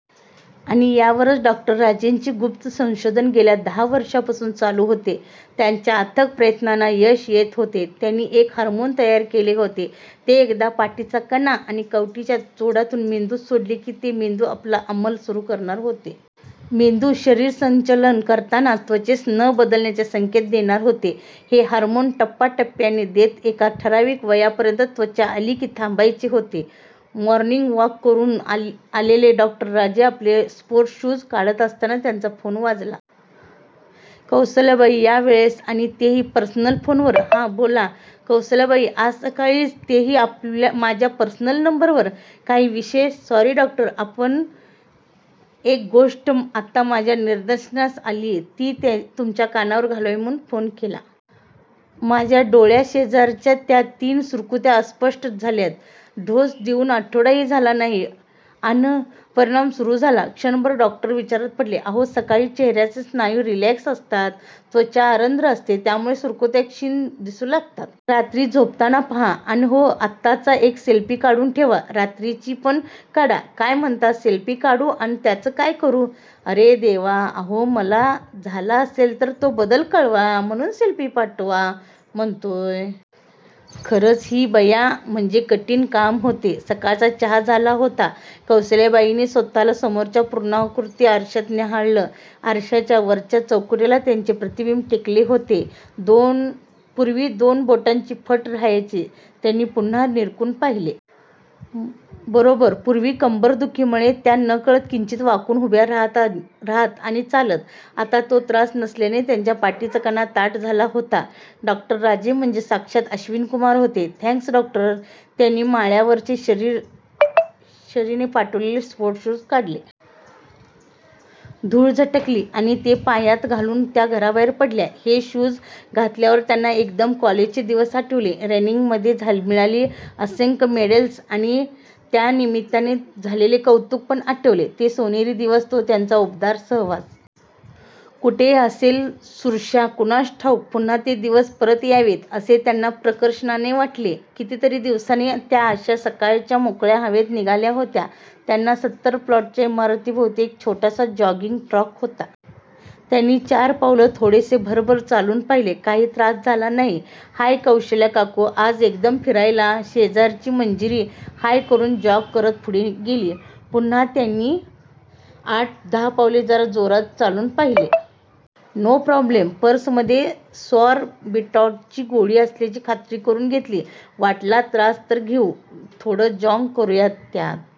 आणि यावरच डॉ. राजेंचे गुप्त संशोधन गेल्या दहा वर्षांपासून चालू होते! त्यांच्या अथक प्रयत्नांना यश येत होते! त्यांनी एक हार्मोन तयार केले होते. ते एकदा पाठीचा कणा आणि कवटीच्या जोडातून मेंदूत सोडले कि ते मेंदूवर आपला आमल सुरु करणार होते. मेंदू शरीरसंचलन करताना, त्वचेस न बदलण्याचे संकेत देणार होते! हे हार्मोन टप्या -टप्याने देत एका ठराविक वया पर्यंत त्वचा आली कि थांबायचे होते. मॉर्निगवॉक करून आलेलं डॉ. राजे आपले स्पोर्टशूज काढत असताना त्यांचा फोन वाजला. कौसल्याबाई? या वेळेस? आणि तेही पर्सनल फोनवर? "हा, बोला कौसल्याबाई. आज सकाळीच? तेही आपल्या माझ्या पर्सनल नंबरवर? काही विशेष? " "सॉरी डॉक्टर, पण एक गोष्ट आत्ता माझ्या निदर्शनास आलीय. ती तुमच्या कानावर घालावी म्हणून फोन केला. "माझ्या डोळ्या शेजारच्या त्या तीन सुरकुत्या अस्पष्ट झाल्यात! " डोस देऊन आठवडाही झाला नाही अन परिणाम सुरु झाला? क्षणभर डॉक्टर विचारात पडले. अहो, सकाळी चेहऱ्याचे स्नायू रिलॅक्स असतात, त्वचा आरद्र असते, त्यामुळे सुरकुत्या क्षीण दिसू शकतात! रात्री झोपताना पहा! अन हो, आत्ताचा एक सेल्फी काढून ठेवा! रात्रीची पण काढा! काय म्हणता? सेल्फी काढू? अन त्याच काय करू? अरे देवा! अहो मला, झाला असेल तर, तो बदल कळवा, म्हणून सेल्फी पाठवा म्हणतोय! " खरच हि बया म्हणजे कठीण काम होते. सकाळचा चहा झाला होता. कौसल्याबाईंनी स्वतःला समोरच्या पूर्णाकृती आरश्यात न्याहाळलं. आरशाच्या वरच्या चौकटीला त्यांचे प्रतिबिंब टेकले होते. पूर्वी दोन बोटांची फट रहायची! त्यांनी पुन्हा निरखून पहिले. बरोबर! पूर्वी कंबरदुखीमुळे त्या नकळत किंचित वाकून उभ्या राहत आणि चालत. आता तो त्रास नसल्याने त्यांच्या पाठीचा कणा ताठ झाला होता! डॉ. राजे म्हणजे साक्षात 'अश्विनीकुमार' होते! Thanks doctor! त्यांनी माळ्यावरचे, शरीने पाठवलेले स्पोर्टशूज काढले. धूळ झटकली आणि ते पायात घालून त्या घराबाहेर पडल्या. हे शूज घातल्यावर त्यांना एकदम कॉलेजचे दिवस आठवले. रनिंगमध्ये मिळालेली असंख्य मेडल्स आणि त्या निमित्याने झालेले कौतुक पण आठवले! ते सोनेरी दिवस! तो त्याचा उबदार सहवास! कुठे असेल सुरश्या, कोणास ठाऊक? पुन्हा ते दिवस परत यावेत, असे त्यांना प्रकर्षाने वाटले. किती तरी दिवसांनी, त्या अश्या सकाळच्या मोकळ्या हवेत निघाल्या होत्या. त्यांच्या सत्तर फ्लॅटच्या इमारती भोवती एक छोटासा जॉगिंग ट्राक होता. त्यांनी चार पावलं थोडेसे भरभर चालून पहिले. काही त्रास झाला नाही. "हाय, कौशल्यकाकू! आज एकदम फिरायला? " शेजारची मंजिरी, हाय करून जॉग करत पुढे निघून गेली. पुन्हा त्यांनी आठ दहा पावले जरा जोरात चालून पहिले. No problem! पर्स मध्ये सॉरबिटॉटची गोळी असल्याची खात्री करून घेतली. वाटला त्रास तर घेऊ.थोडं जॉग करूयात! त्या